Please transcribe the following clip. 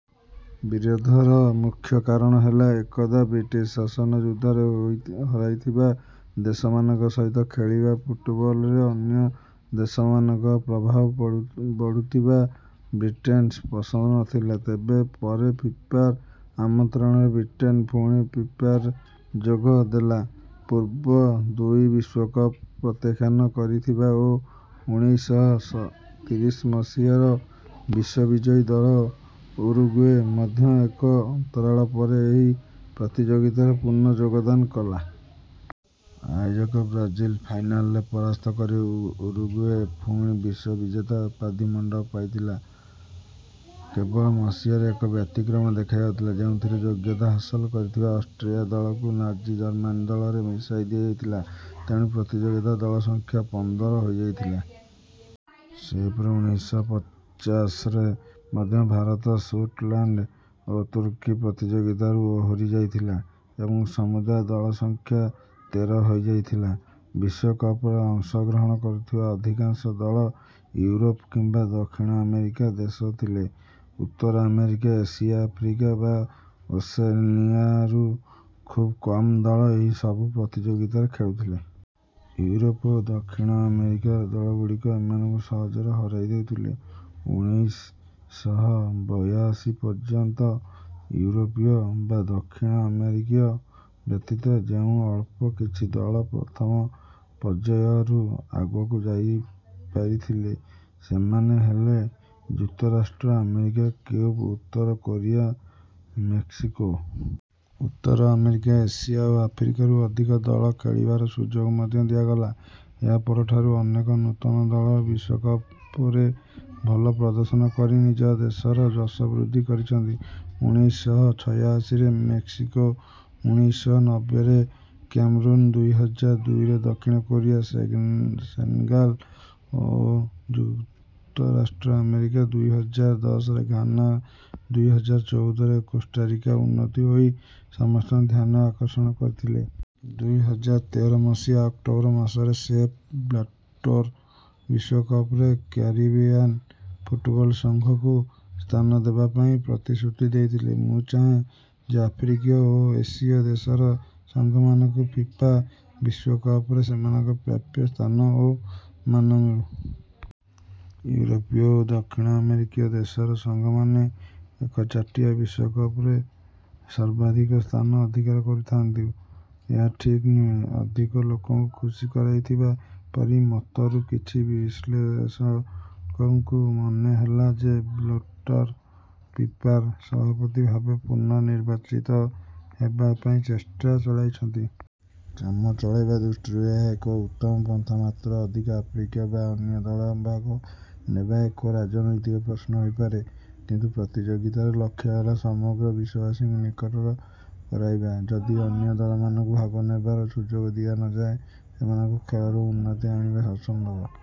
ବିରୋଧର ମୁଖ୍ୟ କାରଣ ହେଲା ଏକଦା ବ୍ରିଟିଶ୍ ଶାସନ ଯୁଦ୍ଧରେ ହରାଇଥିବା ଦେଶମାନଙ୍କ ସହିତ ଖେଳିବା ଫୁଟବଲରେ ଅନ୍ୟ ଦେଶମାନଙ୍କ ପ୍ରଭାବ ବଢ଼ୁଥିବା ବ୍ରିଟେନ୍କୁ ପସନ୍ଦ ନଥିଲା। ତେବେ ପରେ ଫିଫାର ଆମନ୍ତ୍ରଣରେ ବ୍ରିଟେନ୍ ପୁଣି ଫିଫାରେ ଯୋଗ ଦେଲା। ପୂର୍ବ ଦୁଇ ବିଶ୍ୱକପକୁ ପ୍ରତ୍ୟାଖ୍ୟାନ କରିଥିବା ଓ ଉଣେଇଶ ଶହ ତିରିଶ ମସିହାର ବିଶ୍ୱବିଜୟୀ ଦଳ ଉରୁଗୁଏ ମଧ୍ୟ ଏକ ଅନ୍ତରାଳ ପରେ ଏହି ପ୍ରତିଯୋଗିତାରେ ପୁନଃ ଯୋଗଦାନ କଲା। ଆୟୋଜକ ବ୍ରାଜିଲ୍ କୁ ଫାଇନାଲରେ ପରାସ୍ତ କରି ଉରୁଗୁଏ ପୁଣି ବିଶ୍ୱବିଜେତା ଉପାଧି ମଣ୍ଡିତ କରିଥିଲା। କେବଳ ମସିହାରେ ଏକ ବ୍ୟତିକ୍ରମ ଦେଖାଯାଇଥିଲା ଯେଉଁଥିରେ ଯୋଗ୍ୟତା ହାସଲ କରିଥିବା ଅଷ୍ଟ୍ରିଆ ଦଳକୁ ନାଜି ଜର୍ମାନୀ ଦଳରେ ମିଶାଇ ଦିଆଯାଇଥିଲା। ତେଣୁ ପ୍ରତିଯୋଗିତାର ଦଳ ସଂଖ୍ୟା ପନ୍ଦର ହୋଇଯାଇଥିଲା। ସେହିପରି ଉଣେଇଶ ଶହ ପଚାଶରେ ମଧ୍ୟ ଭାରତ ସ୍କଟଲ୍ୟାଣ୍ଡ ଓ ତୁର୍କୀ ପ୍ରତିଯୋଗିତାରୁ ଓହରି ଯାଇଥିଲେ ଏବଂ ସମୁଦାୟ ଦଳ ସଂଖ୍ୟା ତେର ହୋଇଯାଇଥିଲା। ବିଶ୍ୱକପରେ ଅଂଶଗ୍ରହଣ କରୁଥିବା ଅଧିକାଂଶ ଦଳ ୟୁରୋପ୍ କିମ୍ବା ଦକ୍ଷିଣ ଆମେରିକାର ଦେଶ ଥିଲେ। ଉତ୍ତର ଆମେରିକା ଏସିଆ ଆଫ୍ରିକା ବା ଓସେନିଆରୁ ଖୁବ୍ କମ୍ ଦଳ ଏହି ସବୁ ପ୍ରତିଯୋଗିତାରେ ଖେଳୁଥିଲେ। ୟୁରୋପ୍ ଓ ଦକ୍ଷିଣ ଆମେରିକାର ଦଳଗୁଡ଼ିକ ଏମାନଙ୍କୁ ସହଜରେ ହରାଇ ଦେଉଥିଲେ। ଉଣେଇଶ ଶହ ବୟାଅଶୀ ପର୍ଯ୍ୟନ୍ତ ୟୁରୋପୀୟ ବା ଦକ୍ଷିଣ ଆମେରିକୀୟ ବ୍ୟତୀତ ଯେଉଁ ଅଳ୍ପ କିଛି ଦଳ ପ୍ରଥମ ପର୍ଯ୍ୟାୟରୁ ଆଗକୁ ଯାଇପାରିଥିଲେ ସେମାନେ ହେଲେ ଯୁକ୍ତରାଷ୍ଟ୍ର ଆମେରିକା କ୍ୟୁବା ଉତ୍ତର କୋରିଆ ମେକ୍ସିକୋ। ଉତ୍ତର ଆମେରିକା ଏସିଆ ଓ ଆଫ୍ରିକାରୁ ଅଧିକ ଦଳ ଖେଳିବାର ସୁଯୋଗ ମଧ୍ୟ ଦିଆଗଲା। ଏହା ପରଠାରୁ ଅନେକ ନୂତନ ଦଳ ବିଶ୍ୱକପରେ ଭଲ ପ୍ରଦର୍ଶନ କରି ନିଜ ଦେଶର ଯଶ ବୃଦ୍ଧି କରିଛନ୍ତି। ଉଣେଇଶ ଶହ ଛୟାଅଶୀରେ ମେକ୍ସିକୋ ଉଣେଇଶ ଶହ ନବେ ରେ କ୍ୟାମେରୁନ୍ ଦୁଇ ହଜାର ଦୁଇରେ ଦକ୍ଷିଣ କୋରିଆ ସେନେଗାଲ୍ ଓ ଯୁକ୍ତରାଷ୍ଟ୍ର ଆମେରିକା ଦୁଇ ହଜାର ଦଶରେ ଘାନା ଦୁଇ ହଜାର ଚଉଦରେ କୋଷ୍ଟାରିକା ଉନ୍ନୀତ ହୋଇ ସମସ୍ତଙ୍କ ଧ୍ୟାନ ଆକର୍ଷଣ କରିପାରିଥିଲେ। ଦୁଇ ହଜାର ତେର ମସିହା ଅକ୍ଟୋବର ମାସରେ ସେପ୍ ବ୍ଲାଟର୍ ବିଶ୍ୱକପରେ କ୍ୟାରିବିଆନ୍ ଫୁଟବଲ୍ ସଂଘକୁ ସ୍ଥାନ ଦେବା ପାଇଁ ପ୍ରତିଶ୍ରୁତି ଦେଇଥିଲେ । ମୁଁ ଚାହେଁ ଯେ ଆଫ୍ରିକୀୟ ଓ ଏସୀୟ ଦେଶର ସଂଘମାନଙ୍କୁ ଫିଫା ବିଶ୍ୱକପରେ ସେମାନଙ୍କ ପ୍ରାପ୍ୟ ସ୍ଥାନ ଓ ମାନ ମିଳୁ । ୟୁରୋପୀୟ ଓ ଦକ୍ଷିଣ ଆମେରିକୀୟ ଦେଶର ସଂଘମାନେ ଏକଚାଟିଆ ବିଶ୍ୱକପରେ ସର୍ବାଧିକ ସ୍ଥାନ ଅଧିକାର କରୁଥାନ୍ତୁ – ଏହା ଠିକ୍ ନୁହେଁ । ଅଧିକ ଲୋକଙ୍କୁ ଖୁସି କରାଇଥିବା ଏପରି ମତରୁ କିଛି ବିଶ୍ଳେଷକଙ୍କୁ ମନେ ହେଲା ଯେ ବ୍ଲାଟର୍ ଫିଫାର ସଭାପତି ଭାବେ ପୁନଃ ନିର୍ବାଚିତ ହେବା ପାଇଁ ଚେଷ୍ଟା ଚଳାଇଛନ୍ତି । କାମ ଚଳାଇବା ଦୃଷ୍ଟିରୁ ଏହା ଏକ ଉତ୍ତମ ପନ୍ଥା ମାତ୍ର । ଅଧିକ ଆଫ୍ରିକୀୟ ବା ଅନ୍ୟ ଦଳ ଭାଗ ନେବା ଏକ ରାଜନୈତିକ ପ୍ରଶ୍ନ ହୋଇପାରେ । କିନ୍ତୁ ପ୍ରତିଯୋଗିତାର ଲକ୍ଷ୍ୟ ହେଲା ସମଗ୍ର ବିଶ୍ୱବାସୀଙ୍କୁ ନିକଟତର କରାଇବା । ଯଦି ଅନ୍ୟ ଦଳମାନଙ୍କୁ ଭାଗ ନେବାର ସୁଯୋଗ ଦିଆ ନଯାଏ, ସେମାନଙ୍କ ଖେଳରେ ଉନ୍ନତି ଆଣିବା ଅସମ୍ଭବ ।